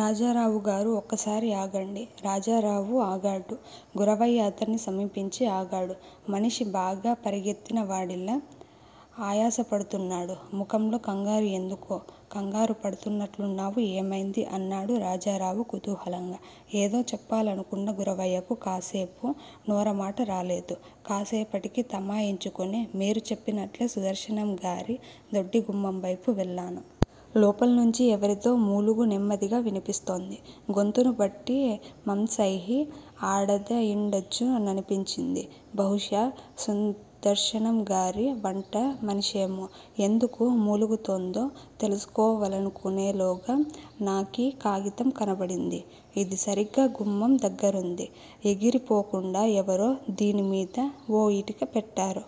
రాజారావుకుగారూ ఒక్కసారి ఆగండి రాజారావు ఆగాడు. గరవయ్య అతణ్ణి సమీపించి ఆగాడు. మనిషి బాగా పరుగెత్తిన వాడిలా ఆయాసపడుతున్నాడు. ముఖంలో కంగారు ఎందుకో కంగారు పడుతున్నట్లున్నావు ఏమైంది? అన్నాడు రాజారావు కుతూహలంగా. ఏదో చెప్పాలనుకున్న గరవయ్యకు కాసేపు నొరమాట రాలేదు. కాసేపటికి తమాయించుకుని మీరు చెప్పినట్లే సుదర్శనంగారి దొడ్డిగుమ్మం వైపు వెళ్ళాను. లోపల్నుంచి ఎవరిదో మూలుగు నెమ్మదిగా వినిపిస్తోంది. గొంతును బట్టి మంసైహి ఆడదయుండవచ్చుననిపించింది. బహుశా సుదర్శనంగారి వంట మనిషేమో. ఎందుకు మూలుగుతోందో తెలుసుకోవలనుకునేలోగా, నాకీ కాగితం కనబడింది. ఇది సరిగ్గా గుమ్మం దగ్గరుంది. ఎగిరి పోకుండా ఎవరో దీనిమీద ఓ ఇటిక పెట్టారు.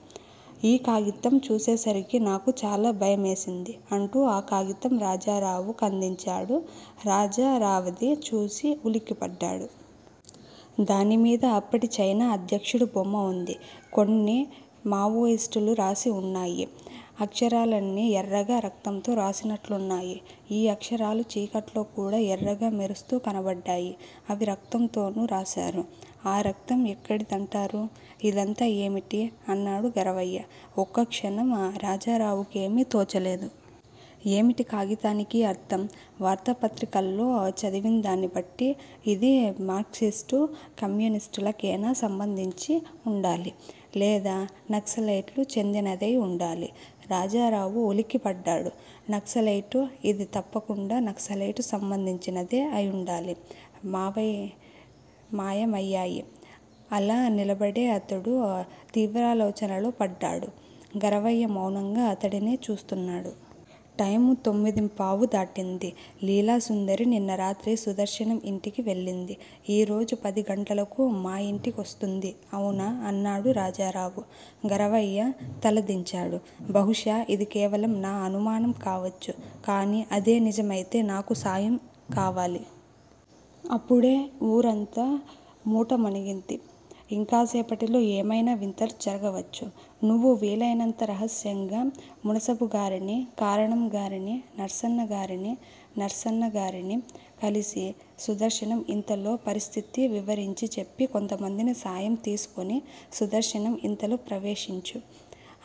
ఈ కాగితం చూసేసరికి నాకు చాలా భయమేసింది అంటూ ఆ కాగితం రాజారావుకందించాడు రాజారావది చూసి ఉలిక్కిపడ్డాడు. దానిమీద అప్పటి చైనా అధ్యక్షుడు బొమ్మ ఉంది. కొన్ని మావోయిష్టులు రాసి ఉన్నాయి. అక్షరాలన్నీ ఎర్రగా రక్తంతో రాసినట్లున్నాయి. ఈ అక్షరాలూ చీకట్లో కూడా ఎర్రగా మెరుస్తూ కనబడ్డాయి. అవి రక్తతోనే రాశారు. ఆ రక్తం ఎక్కడిదంటారు.? ఇదంతా ఏమిటి? అన్నాడు గరవయ్య. ఒక్క క్షణం రాజారావుకేమీ తోచలేదు. ఏమిటీ కాగితానికి అర్ధం? వార్తా పత్రికల్లో చదివిందాన్ని బట్టి ఇది మార్కిస్టు కమ్యీనిష్టుల కేనా సంబంధించి ఉండాలి. లేదా నక్సక్లైట్లు చెందినదయి ఉండాలి. రాజారావు ఉల్లిక్కిపడ్డాడు. నక్సలైటు! ఇది తప్పకుండా నక్సలైటు సంబందించినదే అయుండాలి. మాయమయ్యాయి. అలా నిలబడే అతడు తీవ్రాలోచనలో పడ్డాడు. గరవయ్య మౌనంగా అతడినే చూస్తున్నాడు. టైము తొమ్మిదింపావు దాటింది. లీలాసుందరి నిన్న రాత్రి సుదర్శనం ఇంటికి వెళ్ళింది. ఈ రోజు పది గంటలకు మా యింటికొస్తుంది అవునా? అన్నాడు రాజారావు. గరవయ్య తలాదించాడు. బహుశా ఇది కేవలం నా అనుమానం కావచ్చు. కానీ అదే నిజమయితే నాకు నీ సాయం కావాలి. అప్పుడే ఊరంతా మూటుమణిగింది. ఇంకాసేపటిలో ఏమయినా వింతలు జరగవచ్చు. నువ్వు వీలయినంత రహస్యంగా మునసబుగారినీ, కారణంగారినీ, నర్సన్నగారినీ, నర్సన్నగారినీ కలిసి సుదర్శనం ఇంతలో పరిస్థితి వివరించి చెప్పి కొంతమందిని సాయం తీసుకుని సుదర్శనం ఇంతలో ప్రవేశించు.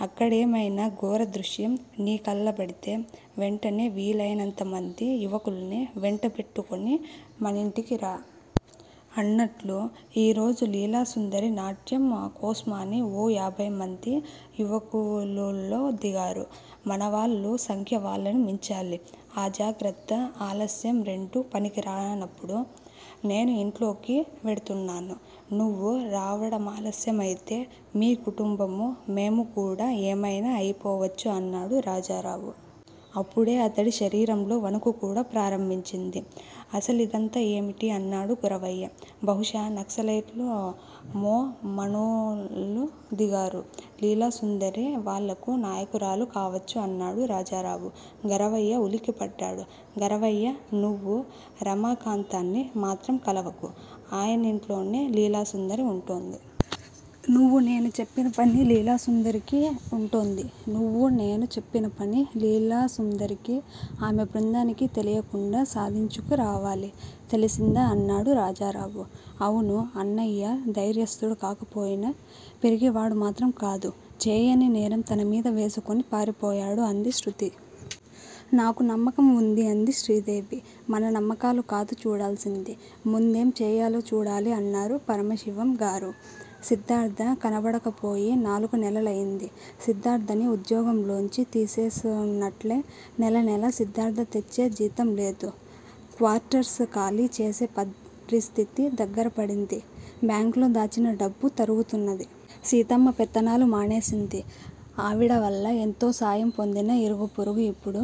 అక్కడైమైనా ఘోర దృశ్యం నీ కళ్ళబడితే వెంటనే వీలయినంతమంది యువకుల్ని వెంటబెట్టుకుని మనింటికి రా. అన్నట్లు ఈ రోజు లీలాసుందరి నాట్యం కోస్మాని ఓ యాభైమంది యువకులూళ్ళో దిగారు. మనవాళ్ళ సంఖ్య వాళ్ళను మించాలి. అజాగ్రత్త, ఆలస్యం రెండూ పనికిరానప్పుడు. నేను ఇంట్లోకి వెడుతున్నాను. నువ్వు రావడమాలస్య మయితే _ మీ కుటుంబమూ, మేమూకూడా ఏమయినా అయిపోవచ్చు _ అన్నాడు రాజారావు. అప్పుడే అతడి శరీరంలో వణుకు కూడా ప్రారంభించింది. అసలిదంతా ఏమిటి? అన్నాడు గరవయ్య. బహుశా నక్సలైట్లు మో _ మనూళ్ళో దిగారు. లీలాసుందరి వాళ్ళకు నాయుకురాలు కావచ్చు అన్నాడు రాజారావు. గరవయ్య ఉలిక్కిపడ్డాడు. గరవయ్యా _ నువ్వు రమాకాంతాన్ని మాత్రం కలవకు. ఆయనింట్లోనే లీలాసుందరి ఉంటోంది. నువ్వు నేను చెప్పిన పని లీలాసుందరికీ, ఉంటోంది. నువ్వు నేను చెప్పిన పని లీలాసుందరికీ, ఆమె బృందానికీ తెలియకుండా సాధించుకు రావాలి. తెలిసిందా? అన్నాడు రాజారావు. అవును. అన్నయ్య దైర్యస్తుడు కాకపోయినా పిరికి వాడు మాత్రం కాదు. చేయని నేరం తనమీద వేసుకుని పారిపోడు అంది శృతి. నాకా నమ్మకం వుంది అంది శ్రీదేవి. మన నమ్మకాలు కాదు చూడాల్సింది. ముందేంచేయాలో చూడాలి అన్నారు పరమశివంగారు. సిద్దార్థ కనపడకపోయి నాలుగు నెలలయింది. సిద్దార్థని ఉద్యోగంలోంచి తీసేసోనట్లే. నెలనెలా సిద్దార్థ తెచ్చే జీతంలేదు. క్వార్టర్స్ ఖాళీ చేసే పరిస్థితి దగ్గరపడింది. బ్యాంక్ లో దాచిన డబ్బు తరుగుతున్నది. సీతమ్మ పెత్తనాలు మానేసింది. ఆవిడవల్ల ఎంతో సాయం పొందిన ఇరుగు పొరుగు ఇప్పుడు